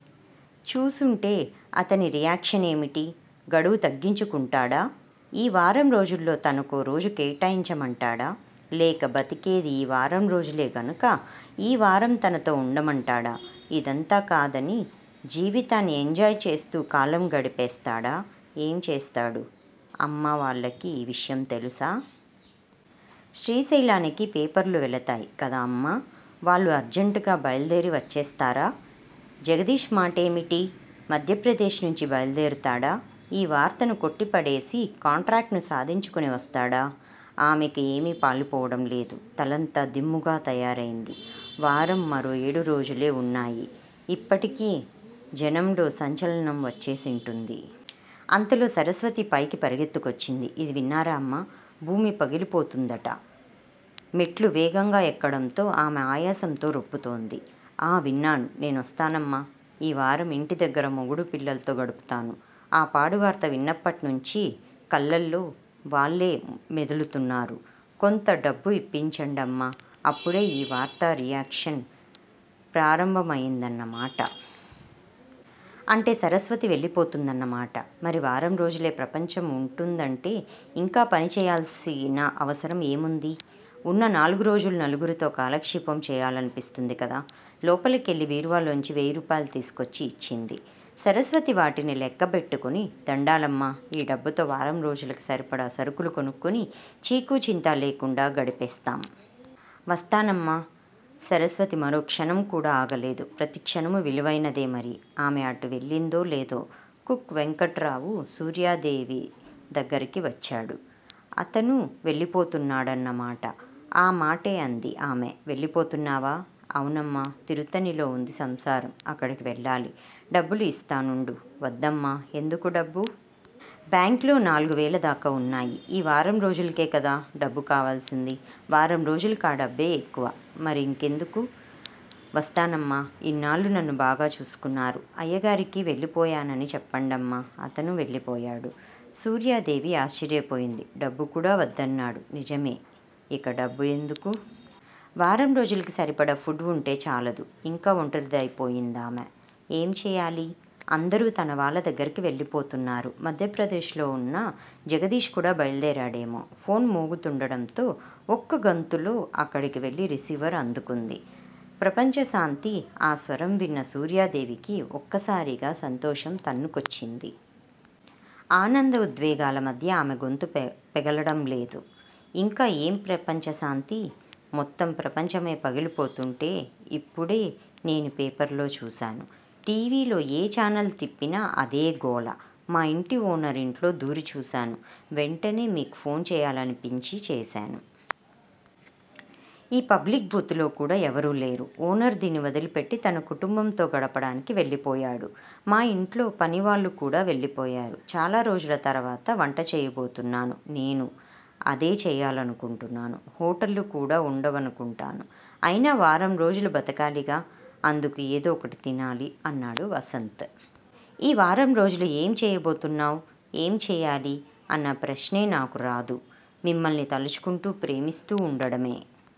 చూసుంటే అతని రియాక్షన్ ఏమిటి? గడువు తగ్గించుకుంటాడా? ఈ వారం రోజుల్లో తనకో రోజు కేటాయించమంటాడా? లేక బతికేది ఈ వారం రోజులే గనుక ఈ వారం తనతో వుండమంటాడా? ఇదంతా కాదని జీవితాన్ని ఎంజాయ్ చేస్తూ కాలం గడిపేస్తాడా? ఏం చేస్తాడు? అమ్మా వాళ్ళకి ఈ విషయం తెలుసా? శ్రీశైలానికి పేపర్లు వెళతాయి కదా అమ్మా వాళ్ళు అర్జంటుగా బయల్దేరి వచ్చేస్తారా? జగదీష్ మాటేమిటి? మధ్యప్రదేశ్ నుంచి బయల్దేరుతాడా? ఈ వార్తను కొట్టిపడేసి, కాంట్రాక్టును సాధించుకుని వస్తాడా? ఆమెకి ఏమీ పాలుపోవడం లేదు. తలంతా దిమ్ముగా తయారైంది. వారం మరో ఏడురోజులే వున్నాయి. ఇప్పటికే జనంలో సంచలనం వచ్చేసుంటుంది. అంతలో సరస్వతి పైకి పరుగెత్తికొచ్చింది. ఇది విన్నారమ్మా! భూమి పగిలిపోతుందట మెట్లు వేగంగా ఎక్కడంతో ఆమె ఆయాసంతో రొప్పుతోంది. ఆఁ విన్నాను నేనొస్తానమ్మా! ఈ వారం ఇంటి దగ్గర మొగుడూ, పిల్లల్తో గడుపుతాను. ఈ పాడువార్త విన్నప్పట్నుంచీ కళ్ళల్లో వాళ్ళే మెదులుతున్నారు కొంత డబ్బు ఇప్పించండమ్మా అప్పుడే ఈ వార్త రియాక్షన్ ప్రారంభం అయిందన్న మాట. అంటే సరస్వతి వెళ్ళి పోతుందన్న మాట. మరి వారంరోజులే ప్రపంచం వుంటుందంటే ఇంకా పనిచేయాల్సిన అవసరం ఏముంది? ఉన్న నాలుగు రోజులూ నలుగురితో కాలక్షేపం చేయాలనిపిస్తుంది కదా. లోపలికెళ్ళి బీరువాలోంచి వేయిరూపాయలు తీసుకొచ్చి ఇచ్చింది. సరస్వతి వాటిని లెక్క పెట్టుకుని- దండాలమ్మా ఈ డబ్బుతో వారంరోజులకి సరిపడా సరుకులు కొనుక్కుని చీకూ చింతా లేకుండా గడిపేస్తాం. వస్తానమ్మా సరస్వతి మరోక్షణం కూడా ఆగలేదు. ప్రతి క్షణమూ విలువైనదే మరి. ఆమె అటు వెళ్ళిందో లేదో కుక్ వెంకట్రావు సూర్యాదేవి దగ్గరికి వచ్చాడు అతనూ వెళ్ళిపోతున్నాడన్న మాట. ఆ మాటే అంది ఆమె- వెళ్ళిపోతున్నావా? అవునమ్మా తిరుత్తణిలో వుంది సంసారం అక్కడికి వెళ్ళాలి డబ్బులు ఇస్తానుండు వద్దమ్మా ఎందుకు డబ్బు? బ్యాంక్ లో నాలుగువేలదాకా వున్నాయి. ఈ వారం రోజులకే కదా డబ్బు కావాల్సింది. వారం రోజులకి ఆ డబ్బే ఎక్కువ. మరింకెందుకు? వస్తానమ్మా, ఇన్నాళ్ళూ నన్ను బాగా చూసుకున్నారు. అయ్యగారికి వెళ్ళిపోయానని చెప్పండమ్మా అతను వెళ్ళిపోయాడు. సూర్యాదేవి ఆశ్చర్యపోయింది. డబ్బు కూడా వద్దన్నాడు. నిజమే! ఇక డబ్బు ఎందుకు? వారం రోజులకి సరిపడా ఫుడ్ వుంటే చాలదూ. ఇంకా ఒంటరిధైపోయిందామె. ఏం చేయాలి? అందరూ తన వాళ్ళ దగ్గరికి వెళ్ళిపోతున్నారు. మధ్యప్రదేశ్ లో వున్నా జగదీష్ కూడా బయల్దేరాడేమో! ఫోన్ మోగుతుండడంతో ఒక్క గంతులో అక్కడికి వెళ్ళి రిసీవర్ అందుకుంది. ప్రపంచశాంతి ఆ స్వరం విన్న సూర్యాదేవికి ఒక్కసారిగా సంతోషం తన్నుకొచ్చింది. ఆనంద ఉద్వేగాల మధ్య ఆమె గొంతు పెగలడం లేదు. ఇంకా ఏం ప్రపంచశాంతి? మొత్తం ప్రపంచమే పగిలిపోతుంటే ఇప్పుడే నేనూ పేపర్లో చూశాను. టీవీలో ఏ ఛానల్ తిప్పినా అదే గోల మా ఇంటి ఓనర్ ఇంట్లో దూరి చూశాను. వెంటనే మీకు ఫోన్ చేయాలనిపించి చేశాను. ఈ పబ్లిక్ బూత్ లో కూడా ఎవరూ లేరు. ఓనర్ దీన్ని వదిలిపెట్టి తన కుటుంబంతో గడపడానికి వెళ్ళిపోయాడు మా ఇంట్లో పనివాళ్ళు కూడా వెళ్ళిపోయారు. చాలా రోజుల తరువాత వంట చేయబోతున్నాను నేనూ అదే చేయాలనుకుంటున్నాను. హోటళ్ళు కూడా వుండవను కుంటాను. అయినా వారం రోజులు బతకాలిగా అందుకు ఏదో ఒకటి తినాలి అన్నాడు వసంత్. ఈ వారం రోజులు ఏం చేయబోతున్నావ్? ఏం చేయాలి అన్న ప్రశ్నే నాకు రాదు మిమ్మల్ని తలుచుకుంటూ ప్రేమిస్తూ వుండడమే